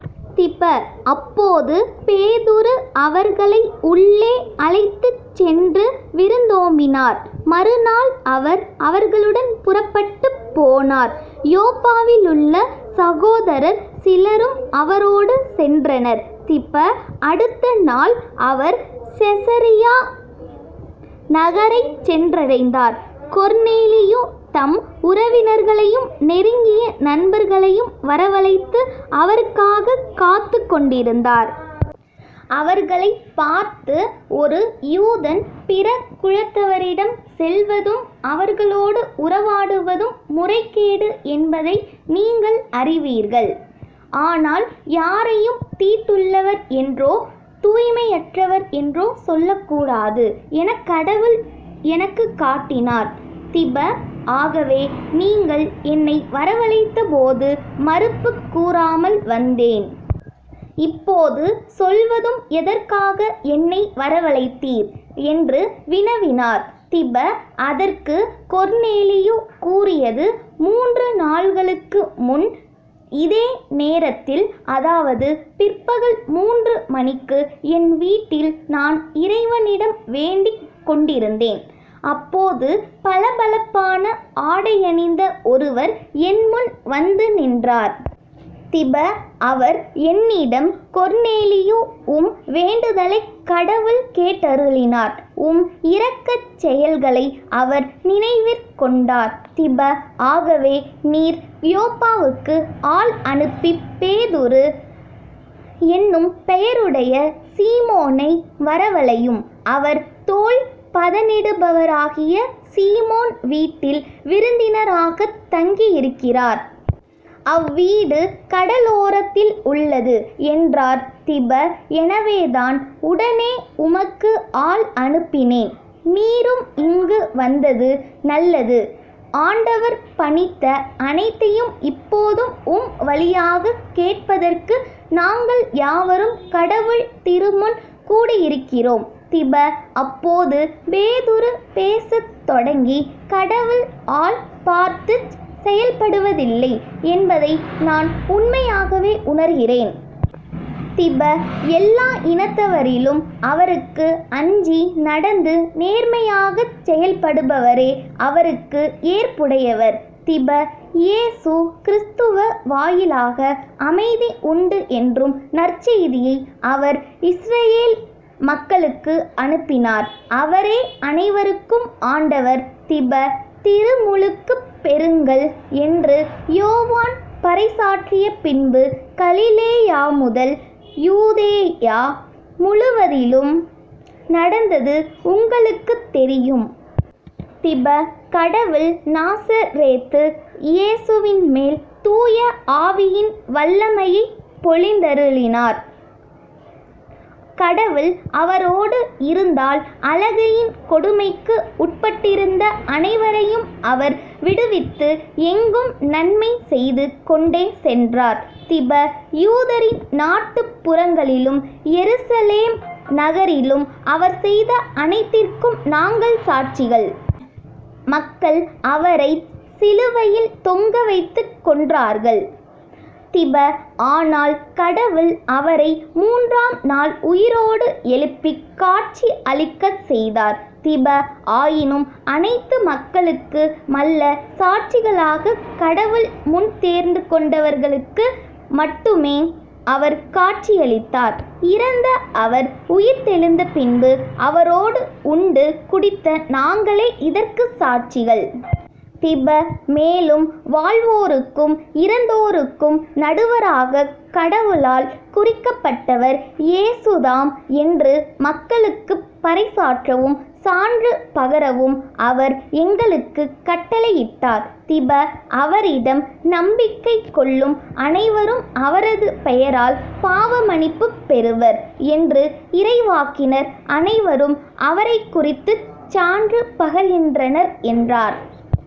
திப. அப்போது பேதுரு அவர்களை உள்ளே அழைத்துச் சென்று விருந்தோம்பினார். மறுநாள் அவர் அவர்களுடன் புறப்பட்டுப் போனார். யோப்பாவிலுள்ள சகோதரர் சிலரும் அவரோடு சென்றனர். திப. அடுத்த நாள் அவர் செசரியா நகரைச் சென்றடைந்தார். கொர்னேலியு தம் உறவினர்களையும் நெருங்கிய நண்பர்களையும் வரவழைத்து அவருக்காகக் காத்துக் கொண்டிருந்தார். அவர்களைப் பார்த்து " ஒரு யூதன் பிற குலத்தவரிடம் செல்வதும், அவர்களோடு உறவாடுவதும் முறைகேடு என்பதை நீங்கள் அறிவீர்கள். ஆனால் யாரையும் தீட்டுள்ளவர் என்றோ தூய்மையற்றவர் என்றோ சொல்லக்கூடாது எனக் கடவுள் எனக்குக் காட்டினார். திப. ஆகவே நீங்கள் என்னை வரவழைத்தபோது மறுப்புக் கூறாமல் வந்தேன். இப்போது சொல்வதும் எதற்காக என்னை வரவழைத்தீர்? என்று வினவினார். திப. அதற்கு கொர்னேலியு கூறியது " மூன்று நாள்களுக்குமுன் இதே நேரத்தில் அதாவது பிற்பகல் மூன்று மணிக்கு என் வீட்டில் நான் இறைவனிடம் வேண்டிக் கொண்டிருந்தேன். அப்போது பளபளப்பான ஆடையணிந்த ஒருவர் என்முன் வந்து நின்றார். திப. அவர் என்னிடம் " கொர்னேலியு உம் வேண்டுதலைக் கடவுள் கேட்டருளினார். உம் இரக்கச் செயல்களை அவர் நினைவிற் கொண்டார். திப. ஆகவே நீர் யோப்பாவுக்கு ஆள் அனுப்பிப் பேதுரு என்னும் பெயருடைய சீமோனை வரவழையும். அவர் தோல் பதனிடுபவராகிய சீமோன் வீட்டில் விருந்தினராகத் தங்கியிருக்கிறார். அவ்வீடு கடலோரத்தில் உள்ளது " என்றார். திப. எனவேதான் உடனே உமக்கு ஆள் அனுப்பினேன். நீரும் இங்கு வந்தது நல்லது. ஆண்டவர் பணித்த அனைத்தையும் இப்போதும் உம் வழியாகக் கேட்பதற்கு நாங்கள் யாவரும் கடவுள் திருமுன் கூடியிருக்கிறோம். " திப. அப்போது பேதுரு பேசத் தொடங்கி " கடவுள் ஆள் பார்த்துச் செயல்படுவதில்லை என்பதை நான் உண்மையாகவே உணர்கிறேன். திப. எல்லா இனத்தவரிலும் அவருக்கு அஞ்சி நடந்து நேர்மையாகச் செயல்படுபவரே அவருக்கு ஏற்புடையவர். திப. இயேசு கிறிஸ்து வாயிலாக அமைதி உண்டு என்றும் நற்செய்தியை அவர் இஸ்ரயேல் மக்களுக்கு அனுப்பினார். அவரே அனைவருக்கும் ஆண்டவர். திப. திருமுழுக்குப் பெறுங்கள் என்று யோவான் பறைசாற்றியபின்பு கலிலேயாமுதல் யூதேயா முழுவதிலும் நடந்தது உங்களுக்குத் தெரியும். திப. கடவுள் நாசரேத்து இயேசுவின்மேல் தூய ஆவியின் வல்லமையைப் பொழிந்தருளினார். கடவுள் அவரோடு இருந்தால் அலகையின் கொடுமைக்கு உட்பட்டிருந்த அனைவரையும் அவர் விடுவித்து எங்கும் நன்மை செய்து கொண்டே சென்றார். திப. யூதரின் நாட்டுப் புறங்களிலும் எருசலேம் நகரிலும் அவர் செய்த அனைத்திற்கும் நாங்கள் சாட்சிகள். மக்கள் அவரைச் சிலுவையில் தொங்கவைத்துக் கொன்றார்கள். திப. ஆனால் கடவுள் அவரை மூன்றாம் நாள் உயிரோடு எழுப்பிக் காட்சி அளிக்கச் செய்தார். திப. ஆயினும் அனைத்து மக்களுக்கு மல்ல சாட்சிகளாகக் கடவுள் முன் தேர்ந்துகொண்டவர்களுக்கு மட்டுமே அவர் காட்சியளித்தார். இறந்த அவர் உயிர்த்தெழுந்தபின்பு அவரோடு உண்டு குடித்த நாங்களே இதற்குச் சாட்சிகள். திப. மேலும் வாழ்வோருக்கும் இறந்தோருக்கும் நடுவராகக் கடவுளால் குறிக்கப்பட்டவர் இயேசுதாம் என்று மக்களுக்குப் பறைசாற்றவும், சான்று பகரவும் அவர் எங்களுக்குக் கட்டளையிட்டார். திப. அவரிடம் நம்பிக்கை கொள்ளும் அனைவரும் அவரது பெயரால் பாவமன்னிப்புப் பெறுவர் என்று இறைவாக்கினர் அனைவரும் அவரைக்குறித்துச் சான்று பகர்கின்றனர் " என்றார்.